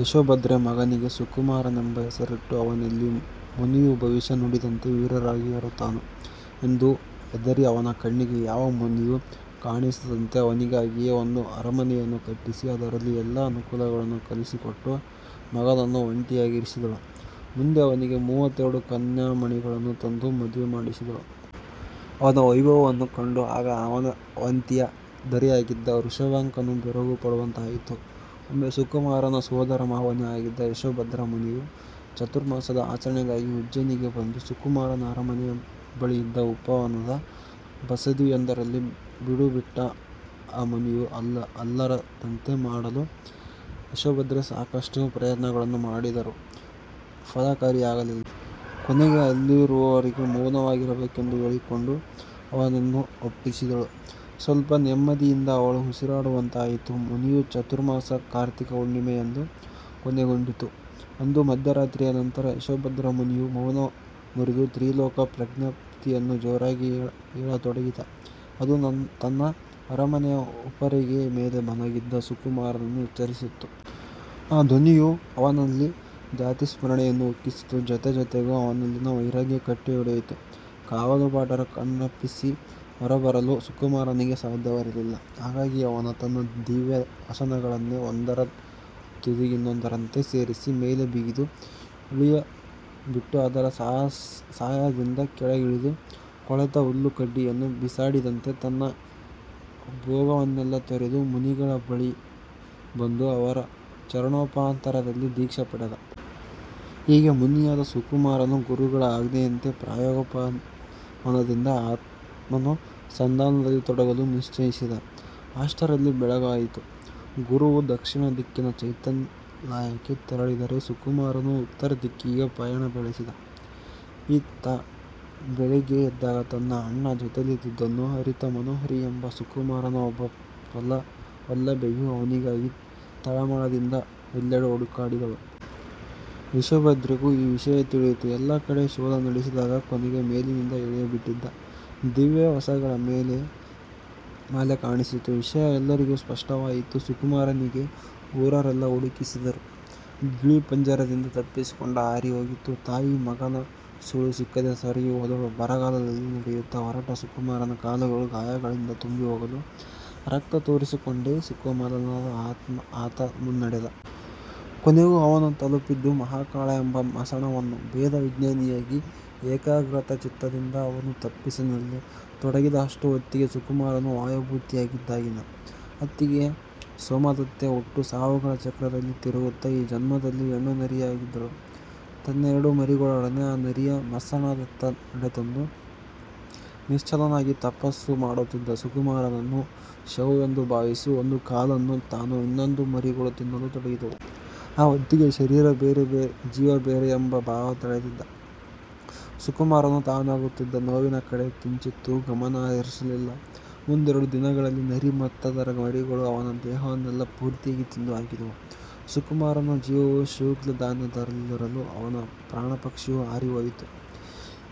ಯಶೋಭದ್ರೆ ಮಗನಿಗೆ ಸುಕುಮಾರನೆಂಬ ಹೆಸರಿಟ್ಟು, ಅವನೆಲ್ಲಿ ಮುನಿಯು ಭವಿಷ್ಯ ನುಡಿದಂತೆ ವಿರಾಗಿಯಾಗುತ್ತಾನೋ ಎಂದು ಹೆದರಿ, ಅವನ ಕಣ್ಣಿಗೆ ಯಾವ ಮುನಿಯೂ ಕಾಣಿಸದಂತೆ ಅವನಿಗಾಗಿಯೇ ಒಂದು ಅರಮನೆಯನ್ನು ಕಟ್ಟಿಸಿ, ಅದರಲ್ಲಿ ಎಲ್ಲ ಅನುಕೂಲಗಳನ್ನೂ ಕಲಿಸಿಕೊಟ್ಟು, ಮಗನನ್ನು ಒಂಟಿಯಾಗಿರಿಸಿದಳು. ಮುಂದೆ ಅವನಿಗೆ ಮೂವತ್ತೆರಡು ಕನ್ಯಾಮಣಿಗಳನ್ನು ತಂದು ಮದುವೆ ಮಾಡಿಸಿದಳು. ಅವನ ವೈಭವವನ್ನು ಕಂಡು ಆಗ ಆವಂತಿಯ ದೊರೆಯಾಗಿದ್ದ ವೃಷಭಾಂಕನೂ ಬೆರಗು ಪಡುವಂತಾಯಿತು. ಒಮ್ಮೆ ಸುಕುಮಾರನ ಸೋದರಮಾವನೇ ಆಗಿದ್ದ ಯಶೋಭದ್ರ ಮುನಿಯು ಚಾತುರ್ಮಾಸದ ಆಚರಣೆಗಾಗಿ ಉಜ್ಜೇನಿಗೆ ಬಂದು ಸುಕುಮಾರನ ಆರಮನೆಯ ಬಳಿಯಿದ್ದ ಉಪವನದ ಬಸದಿಯೊಂದರಲ್ಲಿ ಬೀಡುಬಿಟ್ಟ. ಆ ಮುನಿಯು ಅಲ್ಲಿರದಂತೆ ಮಾಡಲು ಯಶೋಭದ್ರೆ ಸಾಕಷ್ಟು ಪ್ರಯತ್ನಗಳನ್ನು ಮಾಡಿದರೂ ಫಲಕಾರಿಯಾಗಲಿಲ್ಲ. ಕೊನೆಗೆ ಅಲ್ಲಿರುವವರೆಗೂ ಮೌನವಾಗಿರಬೇಕೆಂದು ಕೇಳಿಕೊಂಡು ಅವನನ್ನು ಒಪ್ಪಿಸಿದಳು. ಸ್ಪಲ್ಪ ನೆಮ್ಮದಿಯಿಂದ ಅವಳು ಉಸಿರಾಡುವಂತಾಯಿತು. ಮುನಿಯ ಚಾತುರ್ಮಾಸ ಕಾರ್ತಿಕ ಹುಣ್ಣೆಮೆಯಂದು ಕೊನೆಗೊಂಡಿತು. ಅಂದು ಮಧ್ಯರಾತ್ರಿಯ ನಂತರ ಯಶೋಭದ್ರ ಮುನಿಯು ಮೌನ ಮುರಿದು ತ್ರಿಲೋಕ ಪ್ರಜ್ಞಪ್ತಿಯನ್ನು ಜೋರಾಗಿ ಹೇಳತೊಡಗಿದ. ಅದು ತನ್ನ ಆರಮನೆಯ ಉಪ್ಪರಿಗೆಯ ಮೇಲೆ ಮಲಗಿದ್ದ ಸುಕುಮಾರನನ್ನು ಎಚ್ಚರಿಸಿತು. ಆ ಧ್ವನಿಯು ಅವನಲ್ಲಿ ಜಾತಿಸ್ಮರಣೆಯನ್ನು ಉಕ್ಕಿಸಿತು; ಜೊತೆ ಜೋತೆಗೇ ಅವನಲ್ಲಿನ ವೈರಾಗ್ಯ ಕಟ್ಟೆಯೊಡೆಯಿತು. ಕಾವಲುಭಟರ ಕಣ್ತಪ್ಪಿಸಿ ಹೊರಬರಲು ಸುಕುಮಾರನಿಗೆ ಸಾಧ್ಯವಿರಲಿಲ್ಲ. ಹಾಗಾಗಿ ಅವನು ತನ್ನ ದಿವ್ಯ ವಸಗಳನ್ನೇ ಒಂದರ ತುದಿಗಿನ್ನೊಂದರಂತೆ ಸೇರಿಸಿ ಮೇಲೆ ಬಿಗಿದು ಇಳಿಯಬಿಟ್ಟು ಅದರ ಸಹಾಯದಿಂದ ಕೆಳಗಿಳಿದು, ಕೊಳೆತ ಹುಲ್ಲು ಕಡ್ದಿಯನ್ನು ಬಿಸಾಡಿದಂತೆ ತನ್ನ ಭೋಗವನ್ನೆಲ್ಲ ತೊರೆದು, ಮುನಿಗಳ ಬಳಿ ಬಂದು ಅವರ ಚರಣೋಪಾಂತರದಲ್ಲಿ ದೀಕ್ಷೆ ಪಡೆದ. ಹೀಗೆ ಮುನಿಯಾದ ಸುಕುಮಾರನು ಗುರುಗಳ ಅಜ್ಞೆಯಂತೆ ಪ್ರಾಯೋಪಗಮನದಿಂದ ಆತ್ಮಾನು ಸಂದಾನದಲ್ಲಿ ತೊಡಗಲು ನಿಶ್ಚೈಸಿದ. ಅಷ್ಟರಲ್ಲಿ ಬೆಳಗಾಯಿತು; ಗುರುವು ದಕ್ಷಿಣ ದಿಕ್ಕಿನ ಚೈತ್ಯಾಲಯಕ್ಕೆ ತೆರಳಿದರೆ, ಸುಕುಮಾರನು ಉತ್ತರ ದಿಕ್ಕಿಗೆ ಪಯಣ ಬೆಳೆಸಿದ. ಇತ್ತ, ಬೆಳಿಗ್ಗೆ ಎದ್ದಾಗ ತನ್ನ ಅಣ್ಣ ಜೊತೆಯಲ್ಲಿದುದನ್ನು ಅರಿತ ಮನೋಹರಿ ಎಂಬ ಸುಕುಮಾರನ ಒಬ್ಬ ವಲ್ಲಭೆಯು ಅವನಿಗಾಗಿ ತಳಮಳದಿಂದ ಎಲ್ಲೆಡೆ ಹುಡುಕಾಡಿದಳು. ಯಶೋಭದ್ರೆಗೂ ಈ ವಿಷಯ ತಿಳಿಯುತು. ಎಲ್ಲ ಕಡೆ ಶೋಧ ನಡೆಸಿದಾಗ ಕೊನೆಗೆ, ಮೇಲಿನಿಂದ ಇಳಿಯಬಿಟ್ಟಿದ್ದ ದಿವ್ಯವಸಗಳ ಮಾಲೆ ಕಾಣಿಸಿತು. ವಿಷಯ ಎಲ್ಲರಿಗೂ ಸ್ಪಷ್ಟವಾಯಿತು. ಸುಕುಮಾರನಿಗಾಗಿ ಊರರೆಲ್ಲ ಹುಡುಕಿಸಿದರು. ಗಿಳಿ ಪಂಜರದಿಂದ ತಪ್ಪಿಸಿಕೊಂಡು ಹಾರಿ ಹೋಗಿತ್ತು. ತಾಯಿ ಮಗನ ಸುಳಿವು ಸಿಕ್ಕದೆ ಸೊರಗಿ ಹೋದಳು. ಬರಿಗಾಲಲ್ಲಿ ನಡೆಯುತ್ತ ಹೊರಟ ಸುಕುಮಾರನ ಕಾಲುಗಳು ಗಾಯಗಳಿಂದ ತುಂಬಿಹೋಗಲು, ರಕ್ತ ಸೋರಿಸಿಕೊಂಡೇ ಸುಕೋಮಲನಾದ ಆತ ಮುನ್ನಡೆದ. ಕೊನೆಗೆ ಅವನು ತಪಲಪಿದ್ದು ಮಹಾಕಾಳ ಎಂಬ ಮಸಣವನ್ನು, ಭೇದ ವಿಜ್ಞಾನಿಯಾಗಿ ಏಕಾಗ್ರಚಿತ್ತದಿಂದ ಅವನು ತಪಸ್ಸಿನಲ್ಲಿ ತೊಡಗಿದ. ಅಷ್ಟು ಹೊತ್ತಿಗೆ, ಸುಕುಮಾರನು ವಾಯುಭೂತಿಯಾಗಿದ್ದಾಗಿನ ಅತ್ತಿಗೆ ಸೋಮದತ್ತೆ ಹುಟ್ಟು ಸಾವುಗಳ ಚಕ್ರದಲ್ಲಿ ತಿರುಗುತ್ತ ಈ ಜನ್ಮದಲ್ಲಿ ಹೆಣ್ಣು ನರಿಯಾಗಿದ್ದಳು. ತನ್ನೆರಡು ಮರಿಗಳೊಡನೆ ಆ ನರಿ ಮಸಣದತ್ತ ನಡೆತಂದು, ನಿಶ್ಚಲನಾಗಿ ತಪಸ್ಸು ಮಾಡುತ್ತಿದ್ದ ಸುಕುಮಾರನನ್ನು ಶವವೆಂದು ಭಾವಿಸಿ ಒಂದು ಕಾಲನ್ನು ತಾನು, ಇನ್ನೊಂದನ್ನು ಮರಿಗಳು ತಿನ್ನಲು ತೊಡಗಿದವು. ಆ ಹೊತ್ತಿಗೆ "ಶರೀರ ಬೇರೆ, ಜೀವ ಬೇರೆ" ಏಂಬ ಭಾವ ತಳೆದಿದ್ದ ಸುಕುಮಾರನು ತನಾಗುತ್ತಿದ್ದ ನೋವಿನ ಕಡೆ ಕಿಂಚಿತ್ತೂ ಗಮನ ಹರಿಸಲಿಲ್ಲ. ಮುಂದೆರಡು ದಿನಗಳಲ್ಲಿ ನರಿ ಮತ್ತದರ ಮರಿಗಳು ಅವನ ದೇಹವನ್ನೆಲ್ಲ ಪೂರ್ತಿಯಾಗಿ ತಿಂದು ಹಾಕಿದವು. ಸುಕುಮಾರನ ಜೀವವು ಶುಕ್ಲಧ್ಯಾನದಲ್ಲಿರಲು, ಅವನ ಪ್ರಾಣಪಕ್ಷಿಯು ಹಾರಿಹೋಯುತು.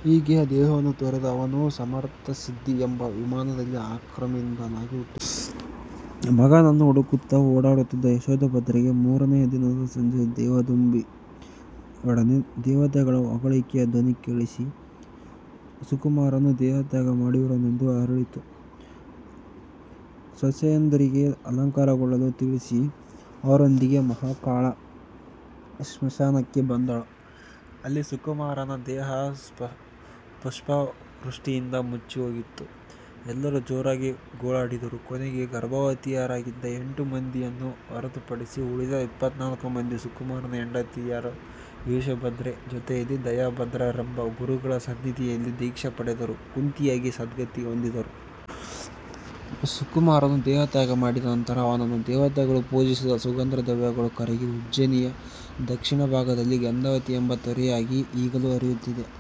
ಹೀಗೆ ದೇಹವನ್ನು ತೊರೆದ ಅವನು ಸರ್ವಾರ್ಥಸಿದ್ಧಿ ಎಂಬ ವಿಮಾನದಲ್ಲಿ ಅಹಮಿಂದ್ರನಾಗಿ ಹುಟ್ಟಿದ. ಮಗನನ್ನು ಹುಡುಕುತ್ತ ಓಡಾಡುತ್ತಿದ್ದ ಯಶೋಭದ್ರೆಗೆ ಮೂರನೆಯ ದಿನದ ಸಂಜೆ ದೇವದುಂದುಭಿಯೊಡನೆ ದೇವತೆಗಳ ಹೊಗಳಿಕೆಯ ಧ್ವನಿ ಕೇಳಿಸಿ, ಸುಕುಮಾರನು ದೇಹತ್ಯಾಗ ಮಾಡಿರುವನೆಂದು ಅರಿತಳು. ಸೊಸೆಯಂದಿರಿಗೆ ಅಲಂಕಾರಗೊಳ್ಳಲು ತಿಳಿಸಿ, ಅವರೊಂದಿಗೆ ಮಹಾಕಾಳ ಶ್ಮಶಾನಕ್ಕೆ ಬಂದಳು. ಅಲ್ಲಿ ಸುಕುಮಾರನ ದೇಹ ಪುಷ್ಪವೃಷ್ಟಿಯಿಂದ ಮುಚ್ಚಿಹೋಗಿತ್ತು. ಎಲ್ಲರೂ ಜೋರಾಗಿ ಗೋಳಾಡಿದರು. ಕೊನೆಗೆ ಗರ್ಭವತಿಯಾರಾಗಿದ್ದ ಎಂಟು ಮಂದಿಯನ್ನು ಹೊರತುಪಡಿಸಿ ಉಳಿದ ಇಪ್ಪತ್ತನಾಲ್ಕು ಮಂದಿ ಸುಕುಮಾರನ ಹೆಂಡತಿಯರು ಯಶೋಭದ್ರೆ ಜೊತೆಯಲ್ಲಿ ದಯಾಭದ್ರರೆಂಬ ಗುರುಗಳ ಸನ್ನಿಧಿಯಲ್ಲಿ ದೀಕ್ಷೆ ಪಡೆದರು; ಕುಂತಿಯರಾಗಿ ಸದ್ಗತಿ ಹೊಂದಿದರು. ಸುಕುಮಾರನು ದೇಹತ್ಯಾಗ ಮಾಡಿದ ನಂತರ ಅವನನ್ನು ದೇವತೆಗಳು ಪೂಜಿಸಿದ ಸುಗಂಧದ್ರವ್ಯಗಳು ಕರಗಿ ಉಜ್ಜೇನಿಯ ದಕ್ಕ್ಷಿಣಭಾಗದಲ್ಲಿ "ಗಂಧವತಿ" ಎಂಬ ತೊರೆಯಾಗಿ ಈಗಲೂ ಹರಿಯುತ್ತಿದೆ!